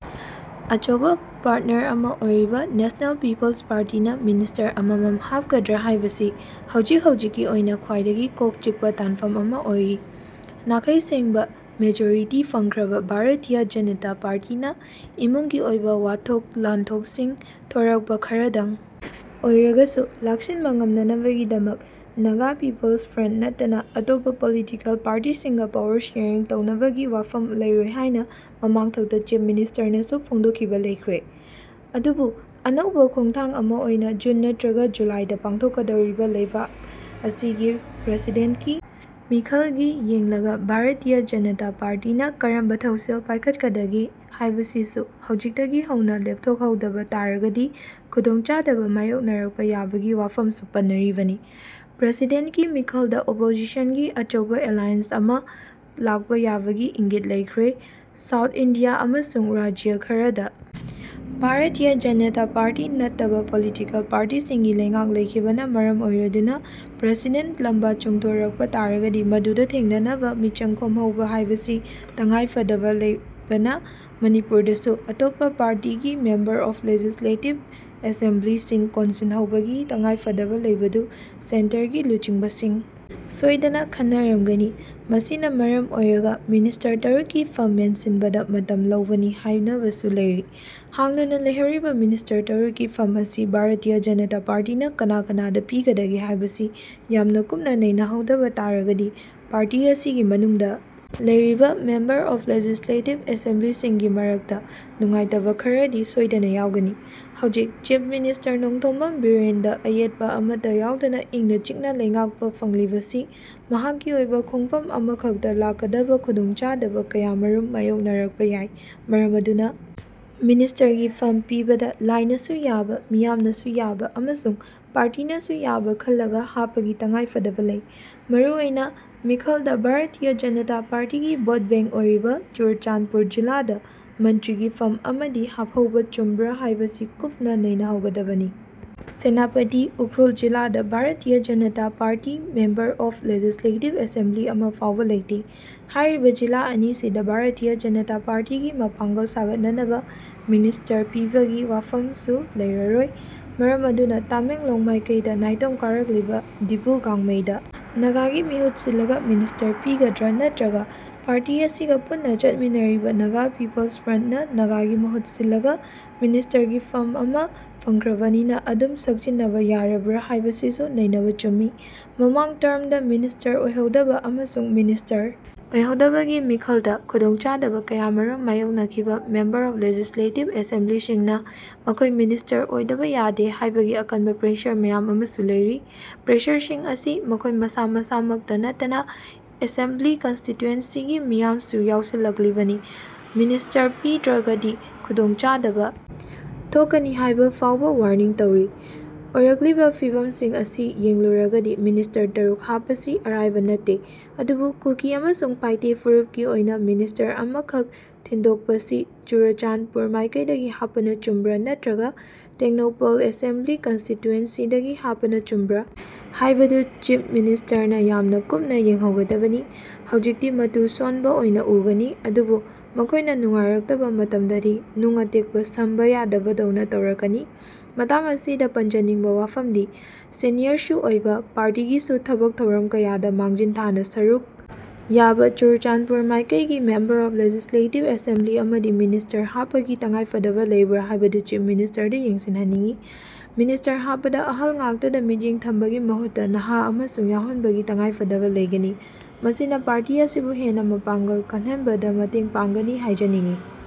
ꯑꯆꯧꯕ ꯄꯥꯔꯠꯅꯔ ꯑꯃ ꯑꯣꯏꯔꯤꯕ ꯅꯦꯁꯅꯦꯜ ꯄꯤꯄꯜ꯭ꯁ ꯄꯥꯔꯇꯤꯗ ꯃꯤꯅꯤꯁꯇꯔ ꯑꯃꯃꯝ ꯍꯥꯞꯀꯗ꯭ꯔꯥ ꯍꯥꯏꯕꯁꯤ ꯍꯧꯖꯤꯛ ꯍꯧꯖꯤꯛꯀꯤ ꯑꯣꯏꯅ ꯈ꯭ꯋꯥꯏꯗꯒꯤ ꯀꯣꯛ ꯆꯤꯛꯄ ꯇꯥꯟꯐꯝ ꯑꯃ ꯑꯣꯏꯔꯤ꯫ ꯅꯥꯈꯩ ꯁꯦꯡꯕ ꯃꯦꯖꯣꯔꯤꯇꯤ ꯐꯪꯈ꯭ꯔꯕ ꯕꯥꯔꯇꯤꯌꯥ ꯖꯟꯇꯥ ꯄꯥꯔꯇꯤꯅ ꯏꯃꯨꯡꯒꯤ ꯑꯣꯏꯕ ꯋꯥꯊꯣꯛ ꯂꯥꯟꯊꯣꯛꯁꯤꯡ ꯊꯣꯔꯛꯄ ꯈꯔꯗꯪ ꯑꯣꯏꯔꯒꯁꯨ ꯂꯥꯛꯁꯤꯟꯕ ꯉꯝꯅꯅꯕꯒꯤꯗꯃꯛ ꯅꯥꯒꯥ ꯄꯤꯄꯜꯁ ꯐ꯭ꯔꯟꯠ ꯅꯠꯇꯅ ꯑꯇꯣꯞꯄ ꯄꯣꯂꯤꯇꯤꯀꯦꯜ ꯄꯥꯔꯇꯤꯁꯤꯡꯒ ꯄꯋꯥꯔ ꯁꯤꯌꯔꯤꯡ ꯇꯧꯅꯕꯒꯤ ꯋꯥꯐꯝ ꯂꯩꯔꯣꯏ ꯍꯥꯏꯅ ꯃꯃꯥꯡꯊꯛꯇ ꯆꯤꯐ ꯃꯤꯅꯤꯁꯇꯔꯅꯁꯨ ꯐꯣꯡꯗꯣꯛꯈꯤꯕ ꯂꯩꯈ꯭ꯔꯦ꯫ ꯑꯗꯨꯕꯨ ꯑꯅꯧꯕ ꯈꯣꯡꯊꯥꯡ ꯑꯃ ꯑꯣꯏꯅ ꯖꯨꯟ ꯅꯠꯇ꯭ꯔꯒ ꯖꯨꯂꯥꯏꯗ ꯄꯥꯡꯊꯣꯛꯀꯗꯧꯔꯤꯕ ꯂꯩꯕꯥꯛ ꯑꯁꯤꯒꯤ ꯄ꯭ꯔꯁꯤꯗꯦꯟꯠꯀꯤ ꯃꯤꯈꯜꯒꯤ ꯌꯦꯡꯂꯒ ꯕꯥꯔꯇꯤꯌꯥ ꯖꯟꯇꯥ ꯄꯥꯔꯇꯤꯅ ꯀꯔꯝꯕ ꯊꯧꯁꯤꯜ ꯄꯥꯏꯈꯠꯀꯗꯒꯦ ꯍꯥꯏꯕꯁꯤꯁꯨ ꯍꯧꯖꯤꯛꯇꯒꯤ ꯍꯧꯅ ꯂꯦꯞꯊꯣꯛꯍꯧꯗꯕ ꯇꯥꯔꯒꯗꯤ ꯈꯨꯗꯣꯡꯆꯥꯗꯕ ꯃꯥꯌꯣꯛꯅꯔꯛꯄ ꯌꯥꯕꯒꯤ ꯋꯥꯐꯝꯁꯨ ꯄꯟꯅꯔꯤꯕꯅꯤ꯫ ꯄ꯭ꯔꯁꯤꯗꯦꯟꯀꯤ ꯃꯤꯈꯜꯗ ꯑꯣꯄꯣꯖꯤꯁꯟꯒꯤ ꯑꯆꯧꯕ ꯑꯦꯂꯥꯏꯌꯦꯟꯁ ꯑꯃ ꯂꯥꯛꯄ ꯌꯥꯕꯒꯤ ꯏꯪꯒꯤꯠ ꯂꯩꯈ꯭ꯔꯦ꯫ ꯁꯥꯎꯠ ꯏꯟꯗꯤꯌꯥ ꯑꯃꯁꯡ ꯔꯥꯢꯖ ꯈꯔꯗ ꯕꯥꯔꯇꯤꯌꯥ ꯖꯟꯇꯥ ꯄꯥꯔꯇꯤ ꯅꯠꯇꯕ ꯄꯣꯂꯤꯇꯤꯀꯦꯜ ꯄꯥꯔꯇꯤꯁꯤꯡꯒꯤ ꯂꯩꯉꯥꯛ ꯂꯩꯈꯤꯕꯅ ꯃꯔꯝ ꯑꯣꯏꯔꯗꯨꯅ ꯄ꯭ꯔꯁꯤꯗꯦꯟ ꯂꯝꯕꯥ ꯆꯣꯡꯊꯣꯔꯛꯄ ꯇꯥꯔꯒꯗꯤ ꯃꯗꯨꯕꯨ ꯊꯦꯡꯅꯅꯕ ꯃꯤꯆꯪ ꯈꯣꯝꯍꯧꯕ ꯍꯥꯏꯕꯁꯤ ꯇꯉꯥꯏꯐꯗꯕ ꯂꯩꯕꯅ ꯃꯅꯤꯄꯨꯔꯗꯁꯨ ꯑꯇꯣꯞꯄ ꯄꯥꯔꯇꯤꯒꯤ ꯃꯦꯝꯕꯔ ꯑꯣꯐ ꯂꯦꯖꯤꯁꯂꯦꯇꯤꯚ ꯑꯦꯁꯦꯝꯕ꯭ꯂꯤꯁꯤꯡ ꯀꯣꯟꯁꯤꯜꯍꯧꯕꯒꯤ ꯇꯉꯥꯏꯐꯗꯕ ꯂꯩꯕꯗꯨ ꯁꯦꯟꯇꯔꯒꯤ ꯂꯨꯆꯤꯡꯕꯁꯤꯡ ꯁꯣꯏꯗꯅ ꯈꯟꯅꯔꯝꯒꯅꯤ꯫ ꯃꯁꯤꯅ ꯃꯔꯝ ꯑꯣꯏꯔꯒ ꯃꯤꯅꯤꯁꯇꯔ ꯇꯔꯨꯛꯀꯤ ꯐꯝ ꯃꯦꯟꯁꯤꯟꯕꯗ ꯃꯇꯝ ꯂꯧꯕꯅꯤ ꯍꯥꯏꯅꯕꯁꯨ ꯂꯩꯔꯤ꯫ ꯍꯥꯡꯗꯨꯅ ꯂꯩꯍꯧꯔꯤꯕ ꯃꯤꯅꯤꯁꯇꯔ ꯇꯔꯨꯛꯀꯤ ꯐꯝ ꯑꯁꯤ ꯕꯥꯔꯇꯤꯌꯥ ꯖꯟꯇꯥ ꯄꯥꯔꯇꯤꯅ ꯀꯅꯥ ꯀꯅꯥꯗ ꯄꯤꯒꯗꯒꯦ ꯍꯥꯏꯕꯁꯤ ꯌꯥꯝꯅ ꯀꯨꯞꯅ ꯅꯩꯅꯍꯧꯗꯕ ꯇꯥꯔꯒꯗꯤ ꯄꯥꯔꯇꯤ ꯑꯁꯤꯒꯤ ꯃꯅꯨꯡꯗ ꯂꯩꯔꯤꯕ ꯃꯦꯝꯕꯔ ꯑꯣꯐ ꯂꯦꯖꯤꯁꯂꯦꯇꯤꯚ ꯑꯦꯁꯦꯝꯕ꯭ꯂꯤꯁꯤꯡꯒꯤ ꯃꯔꯛꯇ ꯅꯨꯡꯉꯥꯏꯇꯕ ꯈꯔꯗꯤ ꯁꯣꯏꯗꯅ ꯌꯥꯎꯒꯅꯤ꯫ ꯍꯧꯖꯤꯛ ꯆꯤꯐ ꯃꯤꯅꯤꯁꯇꯔ ꯅꯣꯡꯊꯣꯝꯕꯝ ꯕꯤꯔꯦꯟꯗ ꯑꯌꯦꯠꯄ ꯑꯃꯠꯇ ꯌꯥꯎꯗꯅ ꯏꯪꯅ ꯆꯤꯛꯅ ꯂꯩꯉꯥꯛꯄ ꯐꯪꯂꯤꯕꯁꯤ ꯃꯍꯥꯛꯀꯤ ꯑꯣꯏꯕ ꯈꯣꯡꯐꯝ ꯑꯃꯈꯛꯇ ꯂꯥꯛꯀꯗꯕ ꯈꯨꯗꯣꯡꯆꯥꯗꯕ ꯀꯌꯥꯃꯔꯨꯝ ꯃꯥꯌꯣꯛꯅꯔꯛꯄ ꯌꯥꯏ꯫ ꯃꯔꯝ ꯑꯗꯨꯅ ꯃꯤꯅꯤꯁꯇꯔꯒꯤ ꯐꯝ ꯄꯤꯕꯗ ꯂꯥꯏꯅꯁꯨ ꯌꯥꯕ, ꯃꯤꯌꯥꯝꯅꯁꯨ ꯌꯥꯕ ꯑꯃꯁꯨꯡ ꯄꯥꯔꯇꯤꯅꯁꯨ ꯌꯥꯕ ꯈꯜꯂꯒ ꯍꯥꯞꯄꯒꯤ ꯇꯉꯥꯏꯐꯗꯕ ꯂꯩ꯫ ꯃꯔꯨ ꯑꯣꯏꯅ ꯃꯤꯈꯜꯗ ꯕꯥꯔꯇꯤꯌꯥ ꯖꯟꯇꯥ ꯄꯥꯔꯇꯤꯒꯤ ꯚꯣꯠ ꯕꯦꯡ ꯑꯣꯏꯔꯤꯕ ꯆꯨꯔꯥꯆꯥꯟꯄꯨꯔ ꯖꯤꯂꯥꯗ ꯃꯟꯇ꯭ꯔꯤꯒꯤ ꯐꯝ ꯑꯃꯗꯤ ꯍꯥꯞꯍꯧꯕ ꯆꯨꯝꯕ꯭ꯔꯥ ꯍꯥꯏꯕꯁꯤ ꯀꯨꯞꯅ ꯅꯩꯅꯍꯧꯒꯗꯕꯅꯤ꯫ ꯁꯦꯅꯥꯄꯇꯤ, ꯎꯈ꯭ꯔꯨꯜ ꯖꯤꯂꯥꯗ Bharatiya Janata Party member of legislative assembly ꯑꯃ ꯐꯥꯎꯕ ꯂꯩꯇꯦ꯫ ꯍꯥꯏꯔꯤꯕ ꯖꯤꯂꯥ ꯑꯅꯤꯁꯤꯗ ꯕꯥꯔꯇꯤꯌꯥ ꯖꯟꯇꯥ ꯄꯥꯔꯇꯤꯒꯤ ꯃꯄꯥꯡꯒꯜ ꯁꯥꯒꯠꯅꯅꯕ ꯃꯤꯅꯤꯁꯇꯔ ꯄꯤꯕꯒꯤ ꯋꯥꯐꯝꯁꯨ ꯂꯩꯔꯔꯣꯏ꯫ ꯃꯔꯝ ꯑꯗꯨꯅ ꯇꯃꯦꯡꯂꯣꯡ ꯃꯥꯏꯀꯩꯗ ꯅꯥꯏꯇꯣꯝ ꯀꯥꯔꯛꯂꯤꯕ ꯗꯤꯄꯨ ꯒꯥꯡꯃꯩꯗ ꯅꯥꯒꯥꯒꯤ ꯃꯍꯨꯠ ꯁꯤꯜꯂꯒ ꯃꯤꯅꯤꯁꯇꯔ ꯄꯤꯒꯗ꯭ꯔꯥ ꯅꯠꯇ꯭ꯔꯒ ꯄꯥꯔꯇꯤ ꯑꯁꯤꯒ ꯄꯨꯟꯅ ꯆꯠꯃꯤꯟꯅꯔꯤꯕ ꯅꯒꯥ ꯄꯤꯄꯜ꯭ꯁ ꯐ꯭ꯔꯟ꯭ꯇ ꯅ ꯅꯥꯒꯥꯒꯤ ꯃꯍꯨꯠ ꯁꯤꯜꯂꯒ ꯃꯤꯅꯤꯁꯇꯔꯒꯤ ꯐꯝ ꯑꯃ ꯐꯪꯈ꯭ꯔꯕꯅꯤꯅ ꯑꯗꯨꯝ ꯁꯛꯆꯤꯟꯅꯕ ꯌꯥꯔꯕ꯭ꯔꯥ ꯍꯥꯏꯕꯁꯤꯁꯨ ꯅꯩꯅꯕ ꯆꯨꯝꯃꯤ꯫ ꯃꯃꯥꯡ ꯇꯥꯔ꯭ꯃꯗ ꯃꯤꯅꯤꯁꯇꯔ ꯑꯣꯏꯍꯧꯗꯕ ꯑꯃꯁꯨꯡ ꯃꯤꯅꯤꯁꯇꯔ ꯑꯣꯏꯍꯧꯗꯕꯒꯤ ꯃꯤꯈꯜꯗ ꯈꯨꯗꯣꯡꯆꯥꯗꯕ ꯀꯌꯥꯃꯔꯨꯝ ꯃꯥꯌꯣꯛꯅꯈꯤꯕ ꯃꯦꯝꯕꯔ ꯑꯣꯐ ꯂꯦꯖꯤꯁꯂꯦꯇꯤꯚ ꯑꯦꯁꯦꯝꯕ꯭ꯂꯤꯁꯤꯡꯅ ꯃꯈꯣꯏ ꯃꯤꯅꯤꯁꯇꯔ ꯑꯣꯏꯗꯕ ꯌꯥꯗꯦ ꯍꯥꯏꯕꯒꯤ ꯑꯀꯟꯕ ꯄ꯭ꯔꯦꯁꯔ ꯃꯌꯥꯝ ꯑꯃꯁꯨ ꯂꯩꯔꯤ꯫ ꯄ꯭ꯔꯦꯁꯔꯁꯤꯡ ꯑꯁꯤ ꯃꯈꯣꯏ ꯃꯁꯥ ꯃꯁꯥꯈꯛꯇ ꯅꯠꯇꯅ ꯑꯦꯁꯦꯝꯕ꯭ꯂꯤ ꯀꯟꯁꯇꯤꯇꯨꯌꯦꯟꯁꯤꯒꯤ ꯃꯤꯌꯥꯝꯁꯨ ꯌꯥꯎꯁꯤꯜꯂꯛꯂꯤꯕꯅꯤ꯫ ꯃꯤꯅꯤꯁꯇꯔ ꯄꯤꯗ꯭ꯔꯒꯗꯤ ꯈꯨꯗꯣꯡ ꯆꯥꯗꯕ ꯊꯣꯛꯀꯅꯤ ꯍꯥꯏꯕ ꯐꯥꯎꯕ ꯋꯥꯔꯅꯤꯡ ꯇꯧꯔꯤ꯫ ꯑꯣꯏꯔꯛꯂꯤꯕ ꯐꯤꯚꯝꯁꯤꯡ ꯑꯁꯤ ꯌꯦꯡꯂꯨꯔꯒꯗꯤ ꯃꯤꯅꯤꯁꯇꯔ ꯇꯔꯨꯛ ꯍꯥꯞꯄꯁꯤ ꯑꯔꯥꯏꯕ ꯅꯠꯇꯦ꯫ ꯑꯗꯨꯕꯨ ꯀꯨꯀꯤ ꯑꯃꯁꯨꯡ ꯄꯥꯏꯇꯦ ꯐꯨꯔꯨꯞꯀꯤ ꯑꯣꯏꯅ ꯃꯤꯅꯤꯁꯇꯔ ꯑꯃꯈꯛ ꯊꯤꯟꯗꯣꯛꯄꯁꯤ ꯆꯨꯔꯥꯆꯥꯟꯄꯨꯔ ꯃꯥꯏꯀꯩꯗꯒꯤ ꯍꯥꯞꯄꯅ ꯆꯨꯝꯕ꯭ꯔꯥ ꯅꯠꯇ꯭ꯔꯒ ꯇꯦꯡꯅꯧꯄꯜ ꯑꯦꯁꯦꯝꯕ꯭ꯂꯤ ꯀꯟꯁꯇꯤꯇꯨꯌꯦꯟꯁꯤꯗꯒꯤ ꯍꯥꯞꯄꯅ ꯆꯨꯝꯕ꯭ꯔꯥ ꯍꯥꯏꯕꯗꯨ ꯆꯤꯐ ꯃꯤꯅꯤꯁꯇꯔꯅ ꯌꯥꯝꯅ ꯀꯨꯞꯅ ꯌꯦꯡꯍꯧꯒꯗꯕꯅꯤ꯫ ꯍꯧꯖꯤꯛꯇꯤ ꯃꯇꯨ ꯁꯣꯟꯕ ꯑꯣꯏꯅ ꯎꯒꯅꯤ꯫ ꯑꯗꯨꯕꯨ ꯃꯈꯣꯏꯅ ꯅꯨꯡꯉꯥꯏꯔꯛꯇꯕ ꯃꯇꯝꯗꯗꯤ ꯅꯨꯡ ꯑꯇꯦꯛꯄ ꯁꯝꯕ ꯌꯥꯗꯕꯗꯧꯅ ꯇꯧꯔꯛꯀꯅꯤ꯫ ꯃꯇꯥꯡ ꯑꯁꯤꯗ ꯄꯟꯖꯅꯤꯡꯕ ꯋꯥꯐꯝꯗꯤ, ꯁꯦꯅꯤꯌꯔꯁꯨ ꯑꯣꯏꯕ, ꯄꯥꯔꯇꯤꯒꯤꯁꯨ ꯊꯕꯛ ꯊꯧꯔꯝ ꯀꯌꯥꯗ ꯃꯥꯡꯖꯤꯟ ꯊꯥꯅ ꯁꯔꯨꯛ ꯌꯥꯕ ꯆꯨꯔꯥꯆꯥꯟꯄꯨꯔ ꯃꯥꯏꯀꯩꯒꯤ ꯃꯦꯝꯕꯔ ꯑꯣꯐ ꯂꯦꯖꯤꯁꯂꯦꯇꯤꯚ ꯑꯦꯁꯦꯝꯕ꯭ꯂꯤ ꯑꯃꯗꯤ ꯃꯤꯅꯤꯁꯇꯔ ꯍꯥꯞꯄꯒꯤ ꯇꯉꯥꯏꯐꯗꯕ ꯂꯩꯕ꯭ꯔꯥ ꯍꯥꯏꯕꯗꯨ ꯆꯤꯐ ꯃꯤꯅꯤꯁꯇꯔꯅ ꯌꯦꯡꯁꯤꯜꯍꯟꯅꯤꯡꯏ꯫ ꯃꯅꯤꯅꯤꯁꯇꯔ ꯍꯥꯞꯄꯗ ꯑꯍꯜ ꯉꯥꯛꯇꯗ ꯃꯤꯠꯌꯦꯡ ꯊꯝꯕꯒꯤ ꯃꯍꯨꯠꯇ ꯅꯍꯥ ꯑꯃꯁꯨ ꯌꯥꯎꯍꯟꯕꯒꯤ ꯇꯉꯥꯢꯐꯗꯕ ꯂꯩꯒꯅꯤ꯫ ꯃꯁꯤꯅ ꯄꯥꯔꯇꯤ ꯑꯁꯤꯕꯨ ꯍꯦꯟꯅ ꯃꯄꯥꯡꯒꯜ ꯀꯜꯍꯟꯕꯗ ꯃꯇꯦꯡ ꯄꯥꯡꯒꯅꯤ ꯍꯥꯏꯖꯅꯤꯡꯏ꯫